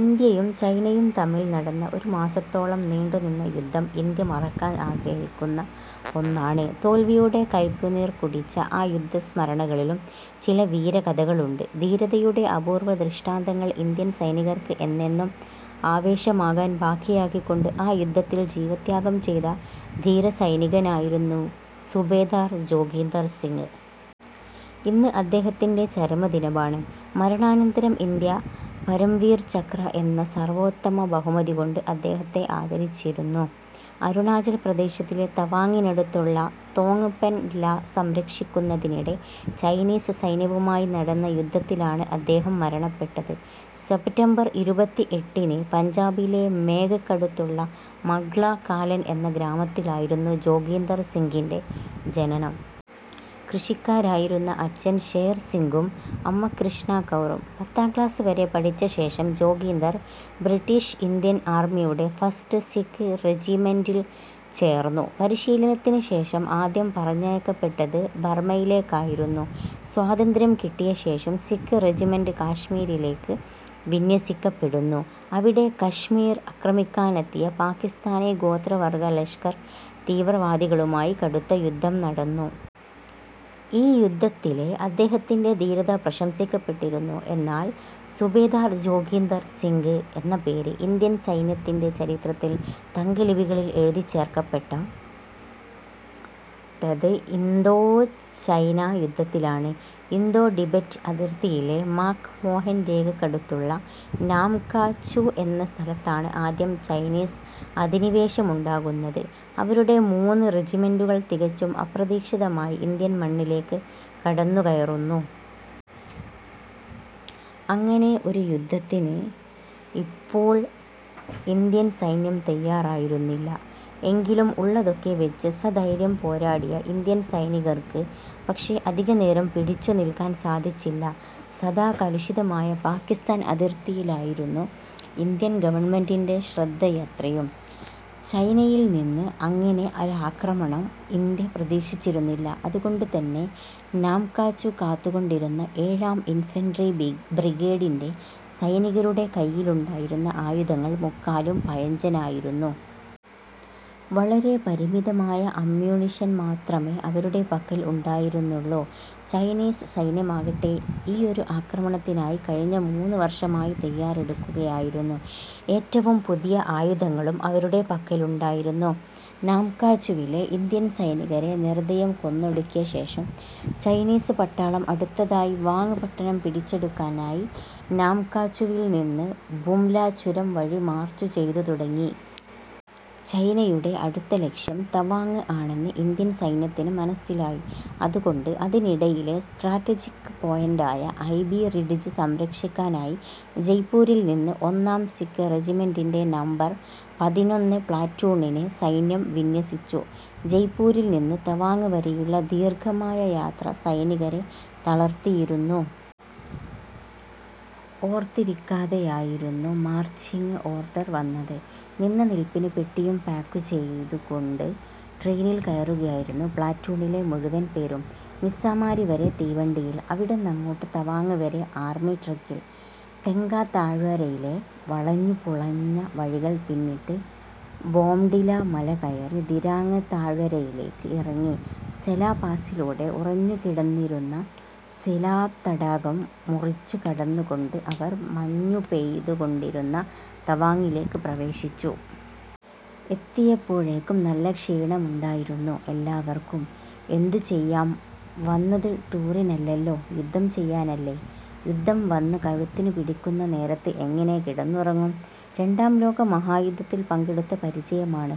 ഇന്ത്യയും ചൈനയും തമ്മിൽ നടന്ന ഒരു മാസത്തോളം നീണ്ടുനിന്ന യുദ്ധം ഇന്ത്യ മറക്കാൻ ആഗ്രഹിക്കുന്ന ഒന്നാണ്. തോൽവിയുടെ കയ്പുനീർ കുടിച്ച ആ യുദ്ധസ്മരണകളിലും, ചില വീരകഥകളുണ്ട്. ധീരതയുടെ അപൂർവദൃഷ്ടാന്തങ്ങൾ ഇന്ത്യൻ സൈനികർക്ക് എന്നെന്നും ആവേശമാകാൻ ബാക്കിയാക്കികൊണ്ട് ആ യുദ്ധത്തിൽ ജീവത്യാഗം ചെയ്ത ധീരസൈനികനായിരുന്നു സുബേദാർ ജോഗീന്ദർ സിംഗ്. ഇന്ന് അദ്ദേഹത്തിന്റെ ചരമദിനമാണ്. മരണാനന്തരം ഇന്ത്യ പരംവീർചക്ര എന്ന സർവോത്തമബഹുമതികൊണ്ട് അദ്ദേഹത്തെ ആദരിച്ചിരുന്നു. അരുണാചൽ പ്രദേശിലെ തവാങ്ങിനടുത്തുള്ള തോങ്പെൻ ലാ സംരക്ഷിക്കുന്നതിനിടെ ചൈനീസ് സൈന്യവുമായി നടന്ന യുദ്ധത്തിലാണ് അദ്ദേഹം മരണപ്പെട്ടത്. സെപ്റ്റംബർ ഇരുപത്തിഎട്ടിന് പഞ്ചാബിലെ മോഗയ്ക്കടുത്തുള്ള മഹ്ലാ കാലൻ എന്ന ഗ്രാമത്തിലായിരുന്നു ജോഗീന്ദർ സിംഗിന്റെ ജനനം. കൃഷിക്കാരായിരുന്ന അച്ഛൻ ഷേർസിംഗും അമ്മ കൃഷ്ണ കൗറും. പത്താം ക്ലാസ് വരെ പഠിച്ച ശേഷം ജോഗീന്ദർ ബ്രിട്ടീഷ് ഇന്ത്യൻ ആർമിയുടെ ഫസ്റ്റ് സിഖ് റെജിമെന്റിൽ ചേർന്നു. പരിശീലനത്തിന് ശേഷം ആദ്യം പറഞ്ഞയക്കപ്പെട്ടത് ബർമയിലേക്കായിരുന്നു. സ്വാതന്ത്ര്യം കിട്ടിയ ശേഷം സിഖ് റജിമെന്റ് കാശ്മീരിലേക്ക് വിന്യസിക്കപ്പെടുന്നു. അവിടെ കശ്മീർ അക്രമിക്കാനെത്തിയ പാകിസ്താനി ഗോത്രവർഗ ലഷ്കർ തീവ്രവാദികളുമായി കടുത്ത യുദ്ധം നടന്നു. ഈ യുദ്ധത്തിലെ അദ്ദേഹത്തിന്റെ ധീരത പ്രശംസിക്കപ്പെട്ടിരുന്നു. എന്നാൽ സുബേദാർ ജോഗീന്ദർ സിംഗ് എന്ന പേര് ഇന്ത്യൻ സൈന്യത്തിന്റെ ചരിത്രത്തിൽ തങ്കലിപികളിൽ എഴുതിച്ചേർക്കപ്പെട്ട പ്പെട്ടത് ഇന്തോ ചൈനാ യുദ്ധത്തിലാണ്. ഇന്തോ ടിബറ്റ് അതിർത്തിയിലെ മാക്മോഹൻ രേഖയ്ക്കടുത്തുള്ള നാംകാ ചു എന്ന സ്ഥലത്താണ് ആദ്യം ചൈനീസ് അധിനിവേശമുണ്ടാകുന്നത്. അവരുടെ മൂന്നു റജിമെന്റുകൾ തികച്ചും അപ്രതീക്ഷിതമായി ഇന്ത്യൻ മണ്ണിലേക്ക് കടന്നുകയറുന്നു. അങ്ങനെ ഒരു യുദ്ധത്തിന് ഇപ്പോൾ ഇന്ത്യൻ സൈന്യം തയ്യാറായിരുന്നില്ല. എങ്കിലും, ഉള്ളതൊക്കെ വെച്ച് സധൈര്യം പോരാടിയ ഇന്ത്യൻ സൈനികർക്ക് പക്ഷേ, അധികനേരം പിടിച്ചു നില്ക്കാൻ സാധിച്ചില്ല. സദാ കലുഷിതമായ പാകിസ്ഥാൻ അതിർത്തിയിലായിരുന്നു ഇന്ത്യൻ ഗവണ്മെന്റിന്റെ ശ്രദ്ധയത്രയും. ചൈനയിൽ നിന്ന് അങ്ങനെ ഒരാക്രമണം ഇന്ത്യ പ്രതീക്ഷിച്ചിരുന്നില്ല. അതുകൊണ്ടുതന്നെ നാംകാചു കാത്തുകൊണ്ടിരുന്ന ഏഴാം ഇൻഫൻട്രി ബ്രിഗേഡിന്റെ സൈനികരുടെ കയ്യിലുണ്ടായിരുന്ന ആയുധങ്ങൾ മുക്കാലും പഴഞ്ചനായിരുന്നു. വളരെ പരിമിതമായ അമ്യൂണിഷൻ മാത്രമേ അവരുടെ പക്കൽ ഉണ്ടായിരുന്നുള്ളൂ. ചൈനീസ് സൈന്യമാകട്ടെ, ഈയൊരു ആക്രമണത്തിനായി കഴിഞ്ഞ മൂന്നു വർഷമായി തയ്യാറെടുക്കുകയായിരുന്നു. ഏറ്റവും പുതിയ ആയുധങ്ങളും അവരുടെ പക്കലുണ്ടായിരുന്നു. നാംകാചുവിലെ ഇന്ത്യൻ സൈനികരെ നിർദ്ദയം കൊന്നൊടുക്കിയ ശേഷം ചൈനീസ് പട്ടാളം അടുത്തതായി വാങ്ങ് പട്ടണം പിടിച്ചെടുക്കാനായി നാംകാചുവിൽ നിന്ന് ബുംല ചുരം വഴി മാർച്ചുചെയ്തു തുടങ്ങി. ചൈനയുടെ അടുത്ത ലക്ഷ്യം തവാങ്ങ് ആണെന്ന് ഇന്ത്യൻ സൈന്യത്തിന് മനസ്സിലായി. അതുകൊണ്ട് അതിനിടയിലെ സ്ട്രാറ്റജിക് പോയന്റായ ഐബി റിഡ്ജ് സംരക്ഷിക്കാനായി ജയ്പൂരിൽ നിന്ന് ഒന്നാം സിഖ് റജിമെന്റിന്റെ നമ്പർ പതിനൊന്ന് പ്ലാറ്റൂണിനെ സൈന്യം വിന്യസിച്ചു. ജയ്പ്പൂരിൽ നിന്ന് തവാങ് വരെയുള്ള ദീർഘമായ യാത്ര സൈനികരെ തളർത്തിയിരുന്നു. ഓർത്തിരിക്കാതെയായിരുന്നു മാർച്ചിങ് ഓർഡർ വന്നത്. നിന്നനിൽപ്പിന് പെട്ടിയും പാക്കുചെയ്തുകൊണ്ട് ട്രെയിനിൽ കയറുകയായിരുന്നു പ്ലാറ്റൂണിലെ മുഴുവൻ പേരും. മിസ്സാമാരി വരെ തീവണ്ടിയിൽ. അവിടന്നങ്ങോട്ട് തവാങ്ങ് വരെ ആർമി ട്രക്കിൽ. ടെംഗാ താഴ്വരയിലെ വളഞ്ഞുപുളഞ്ഞ വഴികൾ പിന്നിട്ട്, ബോംഡിലാ മലകയറി, ധിരാങ്ങ് താഴ്വരയിലേക്ക് ഇറങ്ങി, സേലാ പാസിലൂടെ, ഉറഞ്ഞുകിടന്നിരുന്ന സേലാ തടാകം മുറിച്ചുകടന്നുകൊണ്ട്, അവർ മഞ്ഞുപെയ്തുകൊണ്ടിരുന്ന തവാങിലേക്ക് പ്രവേശിച്ചു. എത്തിയപ്പോഴേക്കും നല്ല ക്ഷീണമുണ്ടായിരുന്നു എല്ലാവർക്കും. എന്തുചെയ്യാം വന്നത് ടൂറിനല്ലല്ലോ, യുദ്ധം ചെയ്യാനല്ലേ? യുദ്ധം വന്നു കഴുത്തിന് പിടിക്കുന്ന നേരത്ത് എങ്ങനെ കിടന്നുറങ്ങും? രണ്ടാം ലോകമഹായുദ്ധത്തിൽ പങ്കെടുത്ത പരിചയമാണ്,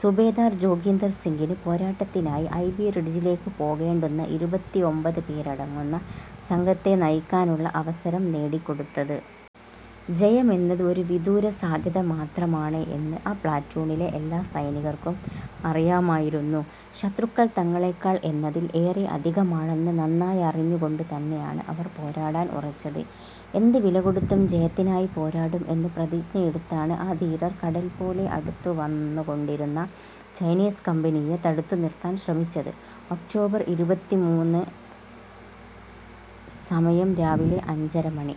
സുബേദാർ ജോഗീന്ദർ സിംഗിന് പോരാട്ടത്തിനായി ഐബി റിഡ്ജിലേക്ക് പോകേണ്ടുന്ന ഇരുപത്തിഒമ്പത് പേരടങ്ങുന്ന സംഘത്തെ നയിക്കാനുള്ള അവസരം നേടിക്കൊടുത്തത്. ജയമെന്നത് ഒരു വിദൂരസാധ്യത മാത്രമാണ് എന്ന് ആ പ്ലാറ്റൂണിലെ എല്ലാ സൈനികർക്കും അറിയാമായിരുന്നു. ശത്രുക്കൾ തങ്ങളേക്കാൾ എന്നതിൽ ഏറെ അധികമാണെന്ന് നന്നായറിഞ്ഞുകൊണ്ടുതന്നെയാണ് അവർ പോരാടാൻ ഉറച്ചത്. ' എന്ത് വിലകൊടുത്തും ജയത്തിനായി പോരാടും ' എന്ന് പ്രതിജ്ഞയെടുത്താണ് ആ ധീരർ കടൽ പോലെ അടുത്തുവന്നുകൊണ്ടിരുന്ന ചൈനീസ് കമ്പനിയെ തടുത്തു നിർത്താൻ ശ്രമിച്ചത്. ഒക്ടോബർ ഇരുപത്തിമൂന്ന് സമയം രാവിലെ അഞ്ചരമണി.